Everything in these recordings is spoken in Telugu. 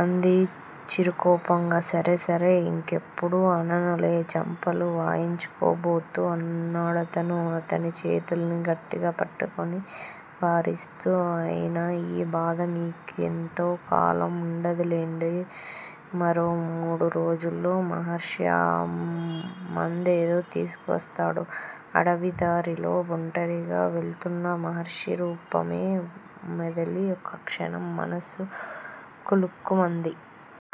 అంది చిరుకోపంగా. సరే సరే. ఇంకెప్పుడూ అననులే చెంపలు వాయించుకోబోతూ అన్నాడతను. అతని చేతుల్ని గట్టిగా పట్టుకుని వారిస్తూ అయినా ఈ బాధ మీకెంతో కాలం ఉండదులెండి! మరో మూడు రోజుల్లో మహర్షి ఆ మందేదో తీసుకువస్తాడు. అడవి దారిలో ఒంటరిగా వెళుతున్న మహర్షి రూపమే మెదిలి ఒక్కక్షణం మనస్సు కులుక్కుమంది.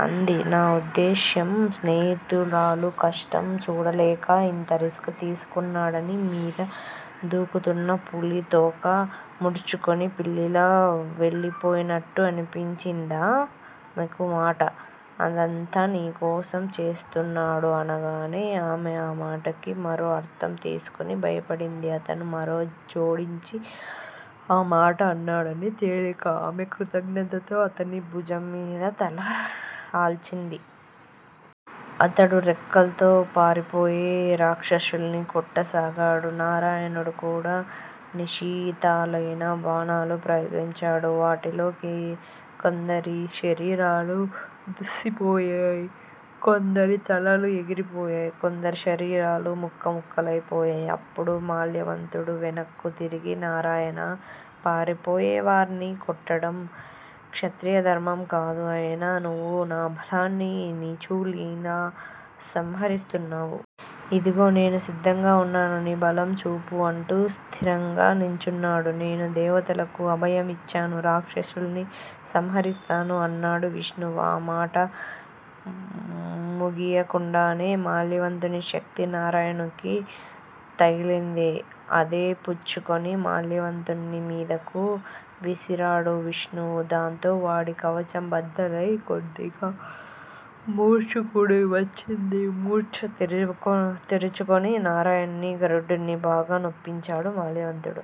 అంది. నా ఉద్దేశ్యం స్నేహితురాలు కష్టం చూడలేక అంత రిస్క్ తీసుకున్నాడని. మీద దూకుతున్న పులి తోక ముడుచుకుని పిల్లిలా వెళ్ళిపోయినట్టు అనిపించిందామెకా మాట. అదంతా నీకోసం చేస్తున్నాడు అనగానే ఆమె ఆ మాటకి మరో అర్థం తీసుకుని భయపడింది. అతను మరో జోడించి ఆ మాట అన్నాడని తెలీక ఆమె కృతజ్ఞతతో అతని భుజం మీద తల ఆన్చింది. అతడు రెక్కల్తో పారిపోయే రాక్షసుల్ను కొట్టసాగాడు. నారాయణుడు కూడా నిశితాలైన బాణాలు ప్రయోగించాడు. వాటితో కొందరి శరీరాలు దుస్సిపోయాయి. కొందరి తలలు ఎగిరిపోయాయి. కొందరి శరీరాలు ముక్కముక్కలైపోయాయి. అప్పుడు మాల్యవంతుడు వెనక్కు తిరిగి నారాయణా! పారిపోయేవార్ని కొట్టడం క్షత్రియధర్మం కాదు. అయినా నువ్వు నాబలాన్ని నీచునిలా సంహరిస్తున్నావు. ఇదిగో నేను సిద్ధంగా వున్నాను. నీ బలం చూపు అంటూ స్థిరంగా నుంచున్నాడు. నేను దేవతలకు అభయం ఇచ్చాను. రాక్షసుల్ను సంహరిస్తాను అన్నాడు విష్ణువు. ఆ మాట ముగియకుండానే మాల్యవంతుని శక్తి నారాయణునికి తగిలింది. అదే పుచ్చుకొని మాల్యవంతుని మీదకు విసిరాడు విష్ణువు. దాంతో వాడి కవచం బద్దలై కొద్దిగా మూర్ఛకూడా వచ్చింది. మూర్ఛ తేరుకొని నారాయణుణ్ణీ గరుడుణ్ణీ బాగా నొప్పించాడు మాల్యవంతుడు.